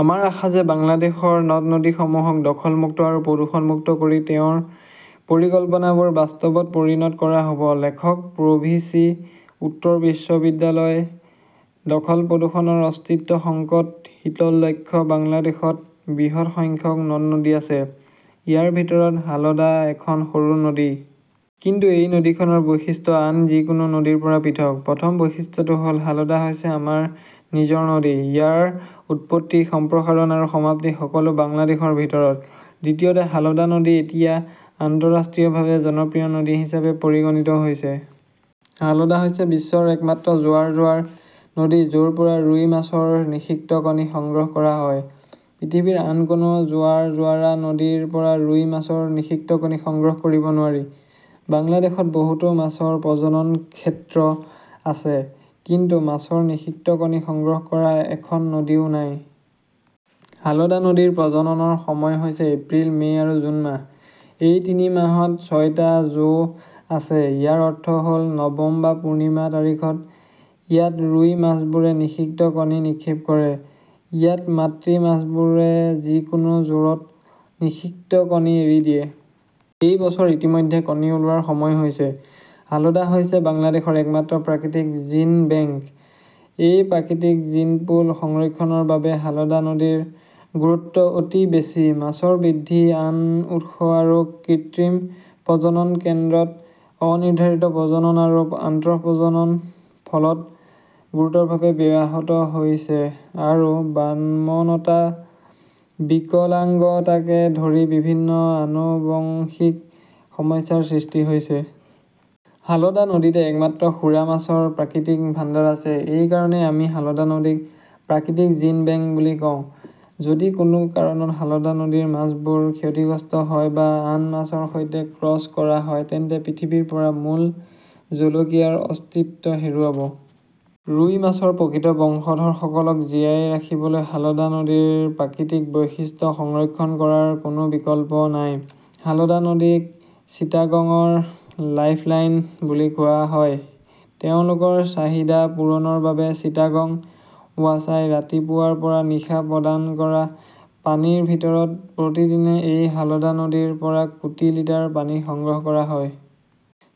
আমাৰ আশা যে বাংলাদেশৰ নদ-নদীসমূহক দখল মুক্ত আৰু প্ৰদূষণমুক্ত কৰি তেওঁৰ পৰিকল্পনাবোৰ বাস্তৱত পৰিণত কৰা হ'ব - লেখক প্ৰ' ভিচি, উত্তৰ বিশ্ববিদ্যালয়। দখল-প্ৰদূষণৰ অস্তিত্ব সংকটত শীতল লক্ষ্য বাংলাদেশত বৃহৎ সংখ্যক নদ-নদী আছে। ইয়াৰ ভিতৰত হালদা এখন সৰু নদী। কিন্তু এই নদীখনৰ বৈশিষ্ট্য আন যিকোনো নদীৰ পৰা পৃথক। প্ৰথম বৈশিষ্ট্যটো হ'ল হালদা হৈছে আমাৰ নিজৰ নদী। ইয়াৰ উৎপত্তি, সম্প্ৰসাৰণ আৰু সমাপ্তি সকলো বাংলাদেশৰ ভিতৰত। দ্বিতীয়তে, হালদা নদী এতিয়া আন্তঃৰাষ্ট্ৰীয়ভাৱে জনপ্ৰিয় নদী হিচাপে পৰিগণিত হৈছে। হালদা হৈছে বিশ্বৰ একমাত্ৰ জোৱাৰ-জোৱাৰ নদী য'ৰ পৰা ৰুই মাছৰ নিষিক্ত কণী সংগ্ৰহ কৰা হয়। পৃথিৱীৰ আন কোনো জোৱাৰ-জোৱাৰা নদীৰ পৰা ৰুই মাছৰ নিষিক্ত কণী সংগ্ৰহ কৰিব নোৱাৰি। বাংলাদেশত বহুতো মাছৰ প্ৰজনন ক্ষেত্ৰ আছে, কিন্তু মাছৰ নিষিক্ত কণী সংগ্ৰহ কৰা এখন নদীও নাই। হালদা নদীৰ প্ৰজননৰ সময় হৈছে এপ্ৰিল, মে' আৰু জুন মাহ। এই তিনি মাহত ছয়টা "জো" আছে। ইয়াৰ অৰ্থ হ'ল, নৱম বা পূৰ্ণিমা তাৰিখত, ইয়াত ৰুই মাছবোৰে নিষিক্ত কণী নিক্ষেপ কৰে। ইয়াত মাতৃ মাছবোৰে যিকোনো জোৰত নিষিক্ত কণী এৰি দিয়ে। এই বছৰ ইতিমধ্যে কণী ওলোৱাৰ সময় হৈছে। হালদা হৈছে বাংলাদেশৰ একমাত্ৰ প্ৰাকৃতিক জিন বেংক। এই প্ৰাকৃতিক জিনপুল সংৰক্ষণৰ বাবে হালদা নদীৰ গুৰুত্ব অতি বেছি। মাছৰ বৃদ্ধি আন উৎস আৰু কৃত্ৰিম প্ৰজনন কেন্দ্ৰত অনিৰ্ধাৰিত প্ৰজনন আৰু অন্তঃপ্ৰজনন ফলত গুৰুতৰভাৱে ব্যাহত হৈছে আৰু বামনতা, বিকলাঙ্গতাকে ধৰি বিভিন্ন আনুবংশিক সমস্যাৰ সৃষ্টি হৈছে। হালদা নদীতে একমাত্ৰ সুৰা মাছৰ প্ৰাকৃতিক ভাণ্ডাৰ আছে। এই কাৰণেই আমি হালদা নদীক প্ৰাকৃতিক জিন বেংক বুলি কওঁ। যদি কোনো কাৰণত হালদা নদীৰ মাছবোৰ ক্ষতিগ্ৰস্ত হয় বা আন মাছৰ সৈতে ক্ৰছ কৰা হয়, তেন্তে পৃথিৱীৰ পৰা মূল জলকীয়াৰ অস্তিত্ব হেৰুৱাব। ৰুই মাছৰ প্ৰকৃত বংশধৰসকলক জীয়াই ৰাখিবলৈ হালদা নদীৰ প্ৰাকৃতিক বৈশিষ্ট্য সংৰক্ষণ কৰাৰ কোনো বিকল্প নাই। হালদা নদীক চিটাগংৰ "লাইফলাইন " বুলি কোৱা হয়। তেওঁলোকৰ চাহিদা পূৰণৰ বাবে চিটাগং ৱাছাই ৰাতিপুৱাৰ পৰা নিশা প্ৰদান কৰা পানীৰ ভিতৰত প্ৰতিদিনে এই হালদা নদীৰ পৰা কোটি লিটাৰ পানী সংগ্ৰহ কৰা হয়।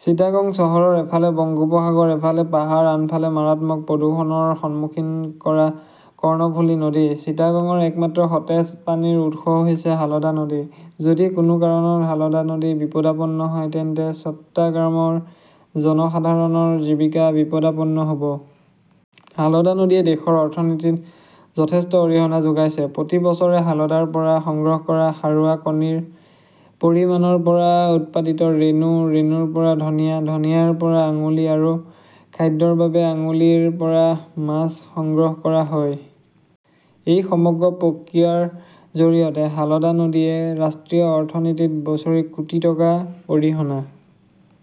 চিটাগং চহৰৰ এফালে বংগোপসাগৰ, এফালে পাহাৰ, আনহাতে মাৰাত্মক প্ৰদূষণৰ সন্মুখীন কৰা কৰ্ণফুলী নদী। চিটাগংৰ একমাত্ৰ সতেজ পানীৰ উৎস হৈছে হালদা নদী। যদি কোনো কাৰণত হালদা নদী বিপদাপন্ন হয়, তেন্তে চট্টাগ্ৰামৰ জনসাধাৰণৰ জীৱিকা বিপদাপন্ন হ'ব। হালদা নদীয়ে দেশৰ অৰ্থনীতিত যথেষ্ট অৰিহণা যোগাইছে। প্ৰতি বছৰে হালদাৰ পৰা সংগ্ৰহ কৰা সাৰুৱা কণীৰ পৰিমাণৰ পৰা উৎপাদিত ৰেনু, ৰেনুৰ পৰা ধনিয়া, ধনিয়াৰ পৰা আঙুলি আৰু খাদ্যৰ বাবে আঙুলিৰ পৰা মাছ সংগ্ৰহ কৰা হয়। এই সমগ্ৰ প্ৰক্ৰিয়াৰ জৰিয়তে হালদা নদীয়ে ৰাষ্ট্ৰীয় অৰ্থনীতিত বছৰি কোটি টকা অৰিহণা